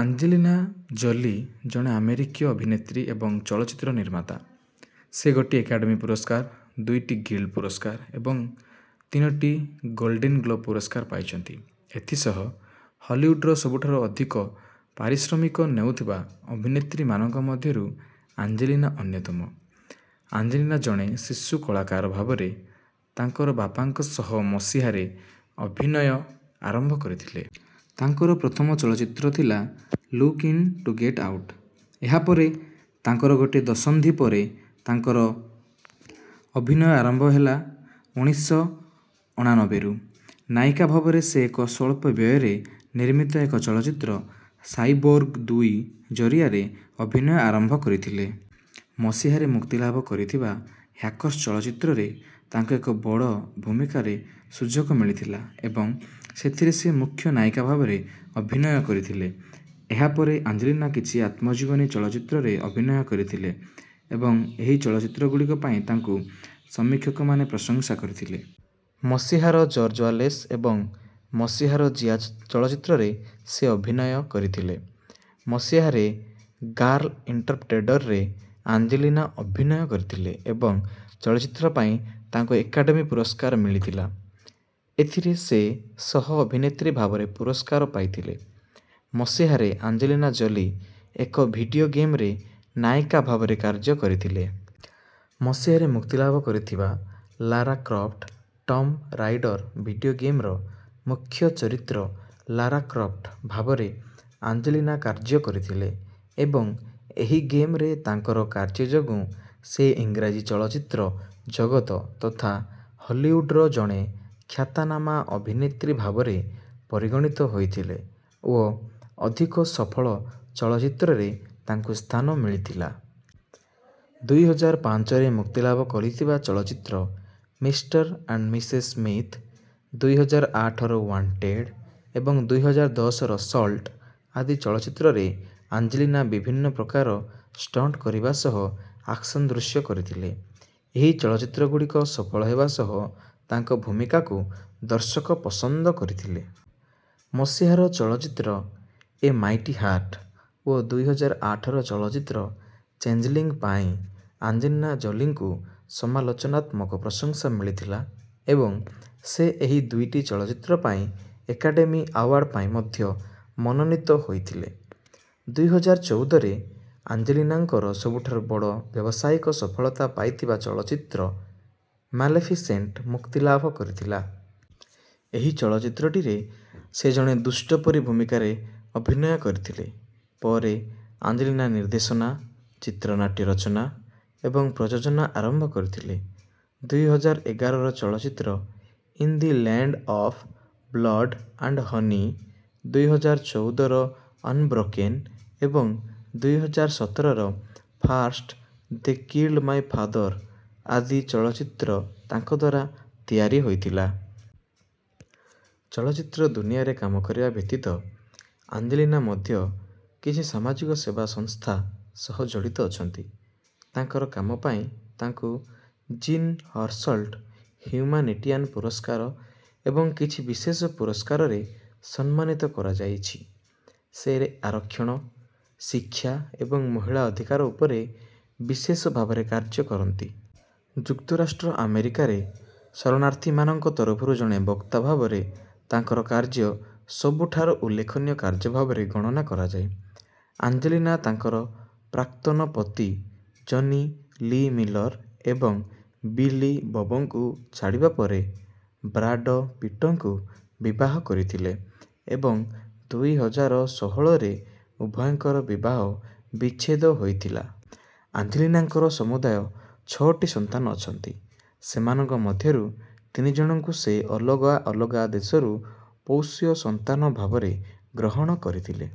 Angelina Jolie ଜଣେ ଆମେରିକୀୟ ଅଭିନେତ୍ରୀ ଏବଂ ଚଳଚ୍ଚିତ୍ର ନିର୍ମାତା। ସେ ଗୋଟିଏ ଆକାଡେମୀ ପୁରସ୍କାର, ଦୁଇଟି ଗିଲ୍ଡ ପୁରସ୍କାର ଏବଂ ତିନୋଟି ଗୋଲ୍ଡେନ ଗ୍ଲୋବ ପୁରସ୍କାର ପାଇଚନ୍ତି। ଏଥିସହ ହଲିଉଡର ସବୁଠାରୁ ଅଧିକ ପାରିଶ୍ରମିକ ନେଉଥିବା ଅଭିନେତ୍ରୀମାନଙ୍କ ମଧ୍ୟରୁ ଆଞ୍ଜେଲିନା ଅନ୍ୟତମ। ଆଞ୍ଜେଲିନା ଜଣେ ଶିଶୁ କଳାକାର ଭାବରେ ତାଙ୍କର ବାପାଙ୍କ ସହ ମସିହାରେ ଅଭିନୟ ଆରମ୍ଭ କରିଥିଲେ। ତାଙ୍କର ପ୍ରଥମ ଚଳଚ୍ଚିତ୍ର ଥିଲା ଲୁକିନ ଟୁ ଗେଟ ଆଉଟ। ଏହା ପରେ ତାଙ୍କର ଗୋଟିଏ ଦଶନ୍ଧି ପରେ ତାଙ୍କର ଅଭିନୟ ଆରମ୍ଭ ହେଲା ଉଣେଷ ଶହ ଅନାନବେ ରୁ। ନାୟିକା ଭାବରେ ସେ ଏକ ସ୍ୱଳ୍ପ ବ୍ୟୟରେ ନିର୍ମିତ ଏକ ଚଳଚ୍ଚିତ୍ର ସାଇବୋର୍ଗ ଦୁଇ ଜରିଆରେ ଅଭିନୟ ଆରମ୍ଭ କରିଥିଲେ। ମସିହାରେ ମୁକ୍ତିଲାଭ କରିଥିବା ହ୍ୟାକର୍ସ ଚଳଚ୍ଚିତ୍ରରେ ତାଙ୍କୁ ଏକ ବଡ଼ ଭୂମିକାରେ ସୁଯୋଗ ମିଳିଥିଲା ଏବଂ ସେଥିରେ ସେ ମୁଖ୍ୟ ନାୟିକା ଭାବରେ ଅଭିନୟ କରିଥିଲେ। ଏହାପରେ ଆଞ୍ଜେଲିନା କିଛି ଆତ୍ମଜୀବନୀ ଚଳଚ୍ଚିତ୍ରରେ ଅଭିନୟ କରିଥିଲେ ଏବଂ ଏହି ଚଳଚ୍ଚିତ୍ରଗୁଡ଼ିକ ପାଇଁ ତାଙ୍କୁ ସମୀକ୍ଷକମାନେ ପ୍ରଶଂସା କରିଥିଲେ। ମସିହାର ଜର୍ଜ ୱାଲେସ ଏବଂ ମସିହାର ଜିଆ ଚଳଚ୍ଚିତ୍ରରେ ସେ ଅଭିନୟ କରିଥିଲେ। ମସିହାରେ ଗାର୍ଲ ଇଣ୍ଟରପ୍ଟେଡରେ ଆଞ୍ଜେଲିନା ଅଭିନୟ କରିଥିଲେ ଏବଂ ଚଳଚ୍ଚିତ୍ର ପାଇଁ ତାଙ୍କୁ ଆକାଡେମୀ ପୁରସ୍କାର ମିଳିଥିଲା। ଏଥିରେ ସେ ସହ-ଅଭିନେତ୍ରୀ ଭାବରେ ପୁରସ୍କାର ପାଇଥିଲେ। ମସିହାରେ ଆଞ୍ଜେଲିନା ଜୋଲି ଏକ ଭିଡିଓ ଗେମରେ ନାୟିକା ଭାବରେ କାର୍ଯ୍ୟ କରିଥିଲେ। ମସିହାରେ ମୁକ୍ତିଲାଭ କରିଥିବା Lara Croft Tomb Raider video ଗେମର ମୁଖ୍ୟ ଚରିତ୍ର ଲାରା କ୍ରଫ୍ଟ ଭାବରେ ଆଞ୍ଜେଲିନା କାର୍ଯ୍ୟ କରିଥିଲେ ଏବଂ ଏହି ଗେମରେ ତାଙ୍କର କାର୍ଯ୍ୟ ଯୋଗୁଁ ସେ ଇଂରାଜୀ ଚଳଚ୍ଚିତ୍ର ଜଗତ ତଥା ହଲିଉଡର ଜଣେ ଖ୍ୟାତାନାମା ଅଭିନେତ୍ରୀ ଭାବରେ ପରିଗଣିତ ହୋଇଥିଲେ ଓ ଅଧିକ ସଫଳ ଚଳଚ୍ଚିତ୍ରରେ ତାଙ୍କୁ ସ୍ଥାନ ମିଳିଥିଲା। ଦୁଇ ହଜାର ପାଞ୍ଚରେ ମୁକ୍ତିଲାଭ କରିଥିବା ଚଳଚ୍ଚିତ୍ର ମିଷ୍ଟର ଆଣ୍ଡ ମିସେସ ସ୍ମିଥ, ଦୁଇ ହଜାର ଆଠର ୱାଣ୍ଟେଡ ଏବଂ ଦୁଇ ହଜାର ଦଶର ସଲ୍ଟ ଆଦି ଚଳଚ୍ଚିତ୍ରରେ ଆଞ୍ଜେଲିନା ବିଭିନ୍ନ ପ୍ରକାର ଷ୍ଟଣ୍ଟ କରିବା ସହ ଆକ୍ସନ ଦୃଶ୍ୟ କରିଥିଲେ। ଏହି ଚଳଚ୍ଚିତ୍ରଗୁଡ଼ିକ ସଫଳ ହେବା ସହ ତାଙ୍କ ଭୂମିକାକୁ ଦର୍ଶକ ପସନ୍ଦ କରିଥିଲେ। ମସିହାର ଚଳଚ୍ଚିତ୍ର ଏ ମାଇଟି ହାର୍ଟ ଓ ଦୁଇ ହଜାର ଆଠର ଚଳଚ୍ଚିତ୍ର ଚେଞ୍ଜଲିଂ ପାଇଁ ଅଞ୍ଜେଲିନା ଜୋଲିଙ୍କୁ ସମାଲୋଚନାତ୍ମକ ପ୍ରଶଂସା ମିଳିଥିଲା ଏବଂ ସେ ଏହି ଦୁଇଟି ଚଳଚ୍ଚିତ୍ର ପାଇଁ ଆକାଡେମୀ ଆୱାର୍ଡ଼ ପାଇଁ ମଧ୍ୟ ମନୋନୀତ ହୋଇଥିଲେ। ଦୁଇ ହଜାର ଚୌଦରେ ଅଞ୍ଜେଲିନାଙ୍କର ସବୁଠାରୁ ବଡ଼ ବ୍ୟବସାୟିକ ସଫଳତା ପାଇଥିବା ଚଳଚ୍ଚିତ୍ର ମାଲେଫିସେଣ୍ଟ ମୁକ୍ତିଲାଭ କରିଥିଲା। ଏହି ଚଳଚ୍ଚିତ୍ରଟିରେ ସେ ଜଣେ ଦୁଷ୍ଟ ପରୀ ଭୂମିକାରେ ଅଭିନୟ କରିଥିଲେ। ପରେ ଅଞ୍ଜେଲିନା ନିର୍ଦ୍ଦେଶନା, ଚିତ୍ରନାଟ୍ୟ ରଚନା ଏବଂ ପ୍ରଯୋଜନା ଆରମ୍ଭ କରିଥିଲେ। ଦୁଇ ହଜାର ଏଗାରର ଚଳଚ୍ଚିତ୍ର in the land of blood and honey, ଦୁଇ ହଜାର ଚୌଦର ଅନବ୍ରୋକେନ ଏବଂ ଦୁଇ ହଜାର ସତରର first they killed my father ଆଦି ଚଳଚ୍ଚିତ୍ର ତାଙ୍କ ଦ୍ୱାରା ତିଆରି ହୋଇଥିଲା। ଚଳଚ୍ଚିତ୍ର ଦୁନିଆରେ କାମ କରିବା ବ୍ୟତୀତ ଅଞ୍ଜେଲିନା ମଧ୍ୟ କିଛି ସାମାଜିକ ସେବା ସଂସ୍ଥା ସହ ଜଡ଼ିତ ଅଛନ୍ତି। ତାଙ୍କର କାମ ପାଇଁ ତାଙ୍କୁ ଜୀନ ହର୍ସଲ୍ଟ ହ୍ୟୁମାନିଟାରିଆନ ପୁରସ୍କାର ଏବଂ କିଛି ବିଶେଷ ପୁରସ୍କାରରେ ସମ୍ମାନିତ କରାଯାଇଛି। ସେ ଆରକ୍ଷଣ, ଶିକ୍ଷା ଏବଂ ମହିଳା ଅଧିକାର ଉପରେ ବିଶେଷ ଭାବରେ କାର୍ଯ୍ୟ କରନ୍ତି। ଯୁକ୍ତରାଷ୍ଟ୍ର ଆମେରିକାରେ ଶରଣାର୍ଥୀମାନଙ୍କ ତରଫରୁ ଜଣେ ବକ୍ତା ଭାବରେ ତାଙ୍କର କାର୍ଯ୍ୟ ସବୁଠାରୁ ଉଲ୍ଲେଖନୀୟ କାର୍ଯ୍ୟ ଭାବରେ ଗଣନା କରାଯାଏ। ଆଞ୍ଜେଲିନା ତାଙ୍କର ପ୍ରାକ୍ତନ ପତି ଜନି ଲୀ ମିଲର ଏବଂ ବିଲି ବବଙ୍କୁ ଛାଡ଼ିବା ପରେ ବ୍ରାଡ ପିଟଙ୍କୁ ବିବାହ କରିଥିଲେ ଏବଂ ଦୁଇ ହଜାର ଷୋହଳରେ ଉଭୟଙ୍କର ବିବାହ ବିଚ୍ଛେଦ ହୋଇଥିଲା। ଅଞ୍ଜେଲିନାଙ୍କର ସମୁଦାୟ ଛଅଟି ସନ୍ତାନ ଅଛନ୍ତି, ସେମାନଙ୍କ ମଧ୍ୟରୁ ତିନି ଜଣଙ୍କୁ ସେ ଅଲଗା ଅଲଗା ଦେଶରୁ ପୋଷ୍ୟ ସନ୍ତାନ ଭାବରେ ଗ୍ରହଣ କରିଥିଲେ।